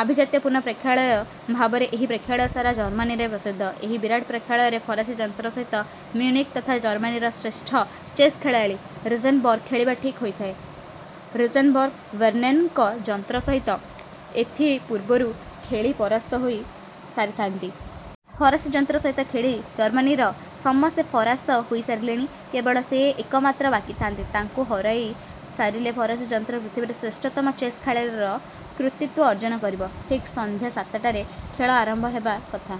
ଆଭିଜାତ୍ୟପୂର୍ଣ୍ଣ ପ୍ରେକ୍ଷାଳୟ ଭାବରେ ଏହି ପ୍ରେକ୍ଷାଳୟ ସାରା ଜର୍ମାନୀରେ ପ୍ରସିଦ୍ଧ। ଏହି ବିରାଟ ପ୍ରେକ୍ଷାଳୟରେ ଫରାସୀ ଯନ୍ତ୍ର ସହିତ ମିଉନିକ୍ ତଥା ଜର୍ମାନୀର ଶ୍ରେଷ୍ଠ ଚେସ୍ ଖେଳାଳୀ ରିଜେନବର୍ଗ ଖେଳିବା ଠିକ୍ ହୋଇଥାଏ। ରିଜେନବର୍ଗ ଭେର୍ନନ୍ଙ୍କ ଯନ୍ତ୍ର ସହିତ ଏଥି ପୂର୍ବରୁ ଖେଳି ପରାସ୍ତ ହୋଇ ସାରିଥାନ୍ତି। ଫରାସୀ ଯନ୍ତ୍ର ସହିତ ଖେଳି ଜର୍ମାନୀର ସମସ୍ତେ ପରାସ୍ତ ହୋଇ ସାରିଲେଣି, କେବଳ ସେ ଏକମାତ୍ର ବାକି ଥାନ୍ତି। ତାଙ୍କୁ ହରାଇ ସାରିଲେ ଫରାସୀ ଯନ୍ତ୍ର ପୃଥିବୀରେ ଶ୍ରେଷ୍ଠତମ ଚେସ୍ ଖେଳାଳୀର କୃତିତ୍ୱ ଅର୍ଜନ କରିବ। ଠିକ୍ ସନ୍ଧ୍ୟା ସାତଟାରେ ଖେଳ ଆରମ୍ଭ ହେବା କଥା।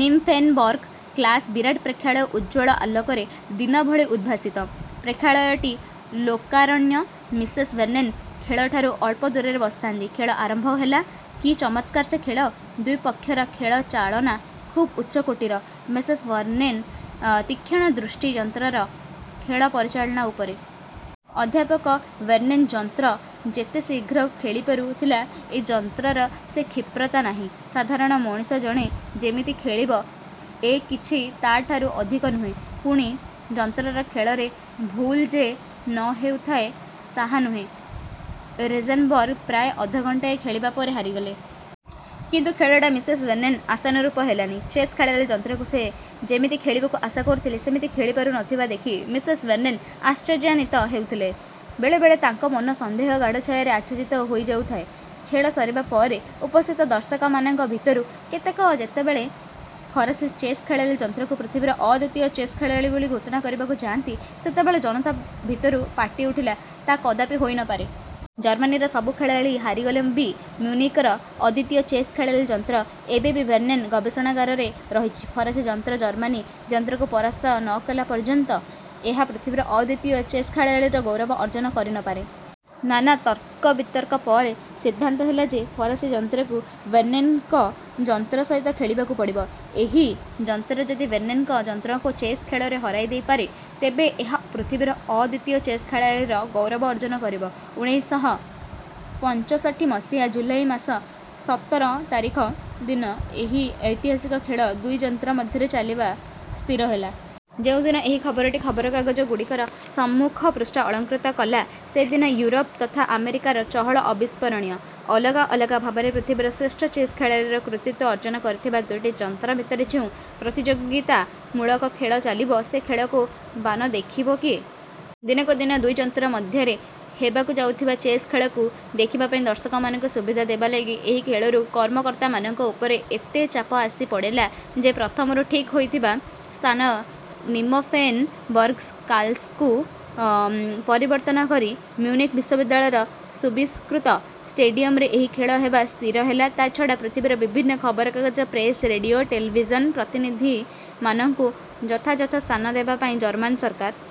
ନିମଫେନବର୍ଗ କାସ୍ଲ ରେ ବିରାଟ ପ୍ରେକ୍ଷାଳୟ ଉଜ୍ଜ୍ୱଳ ଆଲୋକରେ ଦିନଭଳି ଉଦ୍ଭାସିତ। ପ୍ରେକ୍ଷାଳୟଟି ଲୋକାରଣ୍ୟ। ମିସେସ୍ ଭେର୍ନନ୍ ଖେଳଠାରୁ ଅଳ୍ପ ଦୂରରେ ବସିଥାନ୍ତି। ଖେଳ ଆରମ୍ଭ ହେଲା। କି ଚମତ୍କାର ସେ ଖେଳ! ଦୁଇ ପକ୍ଷର ଖେଳ ଚାଳନା ଖୁବ୍ ଉଚ୍ଚକୋଟୀର। ମିସେସ ଭେର୍ନନଙ୍କ ତୀକ୍ଷଣ ଦୃଷ୍ଟି ଯନ୍ତ୍ରର ଖେଳ ପରିଚାଳନା ଉପରେ। ଅଧ୍ୟାପକ ଭେର୍ନନଙ୍କ ଯନ୍ତ୍ର ଯେତେ ଶୀଘ୍ର ଖେଳିପାରୁ ଥିଲା, ଏ ଯନ୍ତ୍ରର ସେ କ୍ଷିପ୍ରତା ନାହିଁ। ସାଧାରଣ ମଣିଷ ଜଣେ ଯେମିତି ଖେଳିବ ଏ କିଛି ତା'ଠାରୁ ଅଧିକ ନୁହେଁ। ପୁଣି ଯନ୍ତ୍ରର ଖେଳରେ ଭୁଲ ଯେ ନ ହେଉଥାଏ ତା ନୁହେଁ। ରିଜେନବର୍ଗ ପ୍ରାୟ ଅଧଘଣ୍ଟାଏ ଖେଳିବା ପରେ ହାରିଗଲେ। କିନ୍ତୁ ଖେଳଟା ମିସେସ ଭେର୍ନନଙ୍କ ଆଶାନୁରୂପ ହେଲାନି। ଚେସ୍ ଖେଳାଳୀ ଯନ୍ତ୍ରକୁ ସେ ଯେମିତି ଖେଳିବାକୁ ଆଶା କରୁଥିଲେ, ସେମିତି ଖେଳିପାରୁ ନ ଥିବା ଦେଖି ମିସେସ ଭେର୍ନନ୍ ଆଶ୍ଚର୍ଯ୍ୟାନିତ ହେଉଥିଲେ। ବେଳେବେଳେ ତାଙ୍କ ମନ ସନ୍ଦେହ ଗାଢ଼ ଛାୟାରେ ଆଚ୍ଛାଦିତ ହୋଇଯାଉଥାଏ। ଖେଳ ସରିବା ପରେ ଉପସ୍ଥିତ ଦର୍ଶକମାନଙ୍କ ଭିତରୁ କେତେକ ଯେତେବେଳେ ଫରାସୀ ଚେସ୍ ଖେଳାଳୀ ଯନ୍ତ୍ରକୁ ପୃଥିବୀର ଅଦ୍ୱିତୀୟ ଚେସ୍ ଖେଳାଳୀ ବୋଲି ଘୋଷଣା କରିବାକୁ ଯାଆନ୍ତି, ସେତେବେଳେ ଜନତା ଭିତରୁ ପାଟି ଉଠିଲା, 'ତା କଦାପି ହୋଇ ନ ପାରେ। ଜର୍ମାନୀର ସବୁ ଖେଳାଳୀ ହାରିଗଲେ ବି ମିଉନିକର ଅଦ୍ୱିତୀୟ ଚେସ୍ ଖେଳାଳୀ ଯନ୍ତ୍ର ଏବେ ବି ଭେର୍ନନ୍ଙ୍କ ଗବେଷଣାଗାରରେ ରହିଛି। ଫରାସୀ ଯନ୍ତ୍ର ଜର୍ମାନୀ ଯନ୍ତ୍ରକୁ ପରାସ୍ତ ନ କଲା ପର୍ଯ୍ୟନ୍ତ ଏହା ପୃଥିବୀର ଅଦ୍ୱିତୀୟ ଚେସ୍ ଖେଳାଳୀର ଗୌରବ ଅର୍ଜନ କରି ନ ପାରେ। ନାନା ତର୍କବିତର୍କ ପରେ ସିଦ୍ଧାନ୍ତ ହେଲା ଯେ ଫରାସୀ ଯନ୍ତ୍ରକୁ ଭେର୍ନନ୍ଙ୍କ ଯନ୍ତ୍ର ସହିତ ଖେଳିବାକୁ ପଡ଼ିବ। ଏହି ଯନ୍ତ୍ର ଯଦି ଭେର୍ନନ୍ଙ୍କ ଯନ୍ତ୍ରକୁ ଚେସ୍ ଖେଳରେ ହରାଇ ଦେଇପାରେ, ତେବେ ଏହା ପୃଥିବୀର ଅଦ୍ୱିତୀୟ ଚେସ୍ ଖେଳାଳୀର ଗୌରବ ଅର୍ଜନ କରିବ। ଉଣେଇଶହ ପଞ୍ଚଷଠି ମସିହା ଜୁଲାଇ ମାସ ସତର ତାରିଖ ଦିନ ଏହି ଐତିହାସିକ ଖେଳ ଦୁଇ ଯନ୍ତ୍ର ମଧ୍ୟରେ ଚାଲିବା ସ୍ଥିର ହେଲା। ଯେଉଁ ଦିନ ଏହି ଖବରଟି ଖବରକାଗଜଗୁଡ଼ିକର ସମ୍ମୁଖ ପୃଷ୍ଠା ଅଳଙ୍କୃତ କଲା, ସେଦିନ ଇଉରୋପ ତଥା ଆମେରିକାର ଚହଳ ଅବିସ୍ମରଣୀୟ। ଅଲଗା ଅଲଗା ଭାବରେ ପୃଥିବୀର ଶ୍ରେଷ୍ଠ ଚେସ୍ ଖେଳାଳୀର କୃତିତ୍ୱ ଅର୍ଜନ କରିଥିବା ଦୁଇଟି ଯନ୍ତ୍ର ଭିତରେ ଯେଉଁ ପ୍ରତିଯୋଗୀତାମୂଳକ ଖେଳ ଚାଲିବ, ସେ ଖେଳକୁ ବାନ ଦେଖିବ କିଏ? ଦିନକୁ ଦିନ ଦୁଇ ଯନ୍ତ୍ର ମଧ୍ୟରେ ହେବାକୁ ଯାଉଥିବା ଚେସ୍ ଖେଳକୁ ଦେଖିବା ପାଇଁ ଦର୍ଶକମାନଙ୍କୁ ସୁବିଧା ଦେବାଲାଗି ଏହି ଖେଳରୁ କର୍ମକର୍ତ୍ତାମାନଙ୍କ ଉପରେ ଏତେ ଚାପ ଆସି ପଡ଼ିଲା ଯେ ପ୍ରଥମରୁ ଠିକ୍ ହୋଇଥିବା ସ୍ଥାନ ନିମଫେନବର୍ଗ କାସଲକୁ ପରିବର୍ତ୍ତନ କରି ମିଉନିକ୍ ବିଶ୍ୱବିଦ୍ୟାଳୟର ସୁବିସ୍ତୃତ ଷ୍ଟେଡିୟମରେ ଏହି ଖେଳ ହେବା ସ୍ଥିର ହେଲା ତା ଛଡ଼ା ପୃଥିବୀର ବିଭିନ୍ନ ଖବରକାଗଜ, ପ୍ରେସ, ରେଡିଓ, ଟେଲଭିଜନ ପ୍ରତିନିଧିମାନଙ୍କୁ ଯଥାଯଥ ସ୍ଥାନ ଦେବା ପାଇଁ ଜର୍ମାନ ସରକାର.